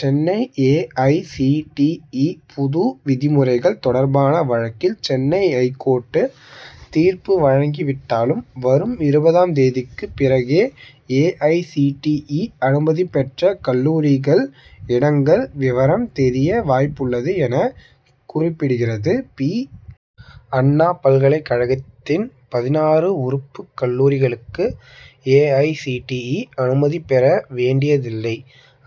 Chennai A. I. C. T. E., புது விதிமுறைகள் தொடர்பான வழக்கில், சென்னை ஐகோர்ட் தீர்ப்பு வழங்கிவிட்டாலும், வரும் இருபதாம் தேதிக்கு பிறகே A. I. C. T. E., அனுமதி பெற்ற கல்லூரிகள், இடங்கள் விவரம் தெரிய வாய்ப்புள்ளது என, குறிப்பிடுகிறது பி. அண்ணா பல்கலைக் கழகத்தின் பதினாறு உறுப்புக் கல்லூரிகளுக்கு A. I. C. T. E., அனுமதி பெற வேண்டியதில்லை.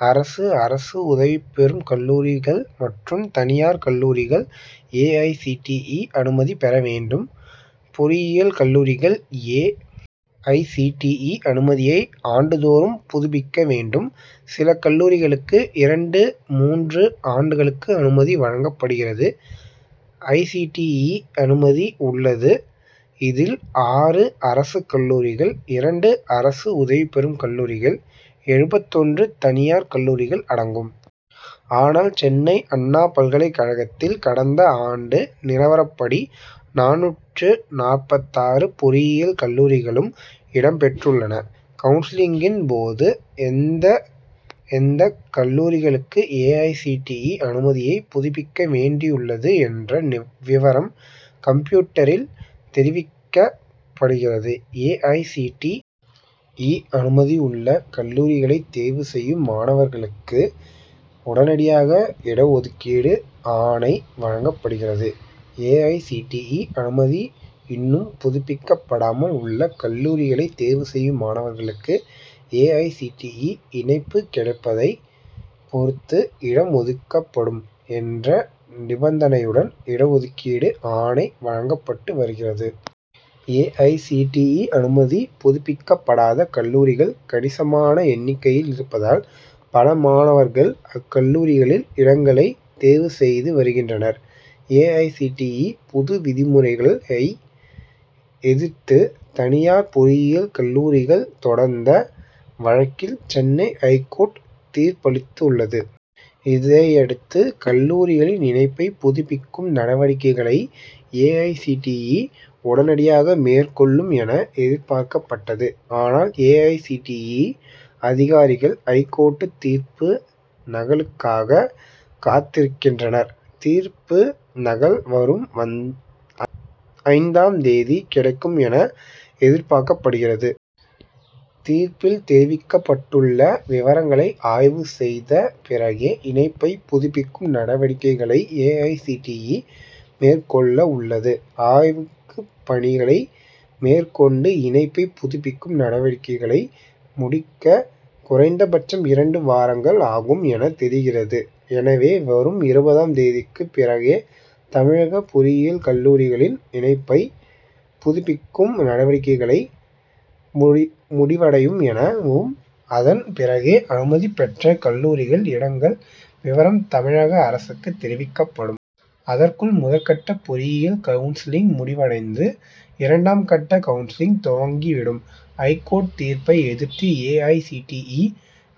அரசு, அரசு உதவி பெறும் கல்லூரிகள் மற்றும் தனியார் கல்லூரிகள் A. I. C. T. E., அனுமதி பெற வேண்டும். பொறியியல் கல்லூரிகள் A. I. C. T. E., அனுமதியை ஆண்டுதோறும் புதுப்பிக்க வேண்டும். சில கல்லூரிகளுக்கு, இரண்டு, மூன்று ஆண்டுகளுக்கு அனுமதி வழங்கப்படுகிறது. ஐ. சி. டி. இ., அனுமதி உள்ளது. இதில், ஆறு அரசு கல்லூரிகள், இரண்டு அரசு உதவிபெறும் கல்லூரிகள், எழுபத்து ஒன்று தனியார் கல்லூரிகள் அடங்கும். ஆனால், சென்னை அண்ணா பல்கலைக் கழகத்தில் கடந்த ஆண்டு நிலவரப்படி, நானூற்று நாற்பத்தாறு பொறியியல் கல்லூரிகளும் இடம் பெற்றுள்ளன. கவுன்சிலிங்கின்போது, எந்த எந்த கல்லூரிகளுக்கு A. I. C. T. E., அனுமதியை புதுப்பிக்க வேண்டியுள்ளது என்ற விவரம் கம்ப்யூட்டரில் தெரிவிக்கப்படுகிறது. A. I. C. T. E., அனுமதி உள்ள கல்லூரிகளை தேர்வு செய்யும் மாணவர்களுக்கு, உடனடியாக இடஒதுக்கீட்டு ஆணை வழங்கப்படுகிறது. A. I. C. T. E., அனுமதி இன்னும் புதுப்பிக்கப்படாமல் உள்ள கல்லூரிகளை தேர்வு செய்யும் மாணவர்களுக்கு, A. I. C. T. E., இணைப்பு கிடைப்பதைப் பொறுத்து இடம் ஒதுக்கப்படும் என்ற நிபந்தனையுடன் இடஒதுக்கீட்டு ஆணை வழங்கப்பட்டு வருகிறது. A. I. C. T. E., அனுமதி புதுப்பிக்கப்படாத கல்லூரிகள் கணிசமான எண்ணிக்கையில் இருப்பதால், பல மாணவர்கள் அக்கல்லூரிகளில் இடங்களை தேர்வு செய்து வருகின்றனர். A. I. C. T. E., புது விதிமுறைகளை எதிர்த்து தனியார் பொறியியல் கல்லூரிகள் தொடர்ந்த வழக்கில் சென்னை ஐகோர்ட் தீர்ப்பளித்துள்ளது. இதையடுத்து, கல்லூரிகளின் இணைப்பை புதுப்பிக்கும் நடவடிக்கைகளை, A. I. C. T. E., உடனடியாக மேற்கொள்ளும் என எதிர்பார்க்கப்பட்டது. ஆனால், A. I. C. T. E., அதிகாரிகள், ஐகோர்ட் தீர்ப்பு நகலுக்காக காத்திருக்கின்றனர். தீர்ப்பு நகல் வரும் ஐந்தாம் தேதி கிடைக்கும் என எதிர்பார்க்கப்படுகிறது. தீர்ப்பில் தெரிவிக்கப்பட்டுள்ள விவரங்களை ஆய்வு செய்த பிறகே, இணைப்பை புதுப்பிக்கும் நடவடிக்கைகளை A. I. C. T. E., மேற்கொள்ளவுள்ளது. ஆய்வுக்கு பணிகளை மேற்கொண்டு இணைப்பை புதுப்பிக்கும் நடவடிக்கைகளை முடிக்க குறைந்தபட்சம் இரண்டு வாரங்கள் ஆகும் என தெரிகிறது. எனவே, வரும் இருபதாம் தேதிக்கு பிறகே தமிழக பொறியியல் கல்லூரிகளின் இணைப்பை புதுப்பிக்கும் நடவடிக்கைகளை முடிவடையும் எனவும், அதன் பிறகே, அனுமதி பெற்ற கல்லூரிகள், இடங்கள் விவரம் தமிழக அரசுக்கு தெரிவிக்கப்படும். அதற்குள் முதற்கட்ட பொறியியல் கவுன்சிலிங் முடிவடைந்து, இரண்டாம் கட்ட கவுன்சிலிங் துவங்கிவிடும். ஐகோர்ட் தீர்ப்பை எதிர்த்து, A. I. C. T. E.,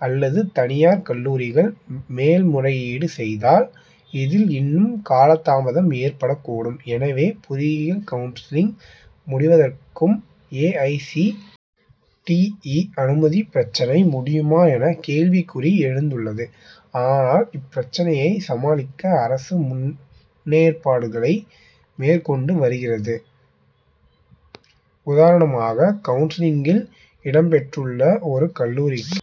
அல்லது தனியார் கல்லூரிகள் மேல்முறையீடு செய்தால், இதில் இன்னும் காலதாமதம் ஏற்படக்கூடும். எனவே பொறியியல் கவுன்சிலிங் முடிவதற்கும் A. I. C. T. E., அனுமதி பிரச்னை முடியுமா என கேள்விக்குறி எழுந்துள்ளது. ஆனால், இப்பிரச்னையை சமாளிக்க அரசு முன்னேற்பாடுகளை மேற்கொண்டு வருகிறது. உதாரணமாக, கவுன்சிலிங்கில் இடம்பெற்றுள்ள ஒரு கல்லூரி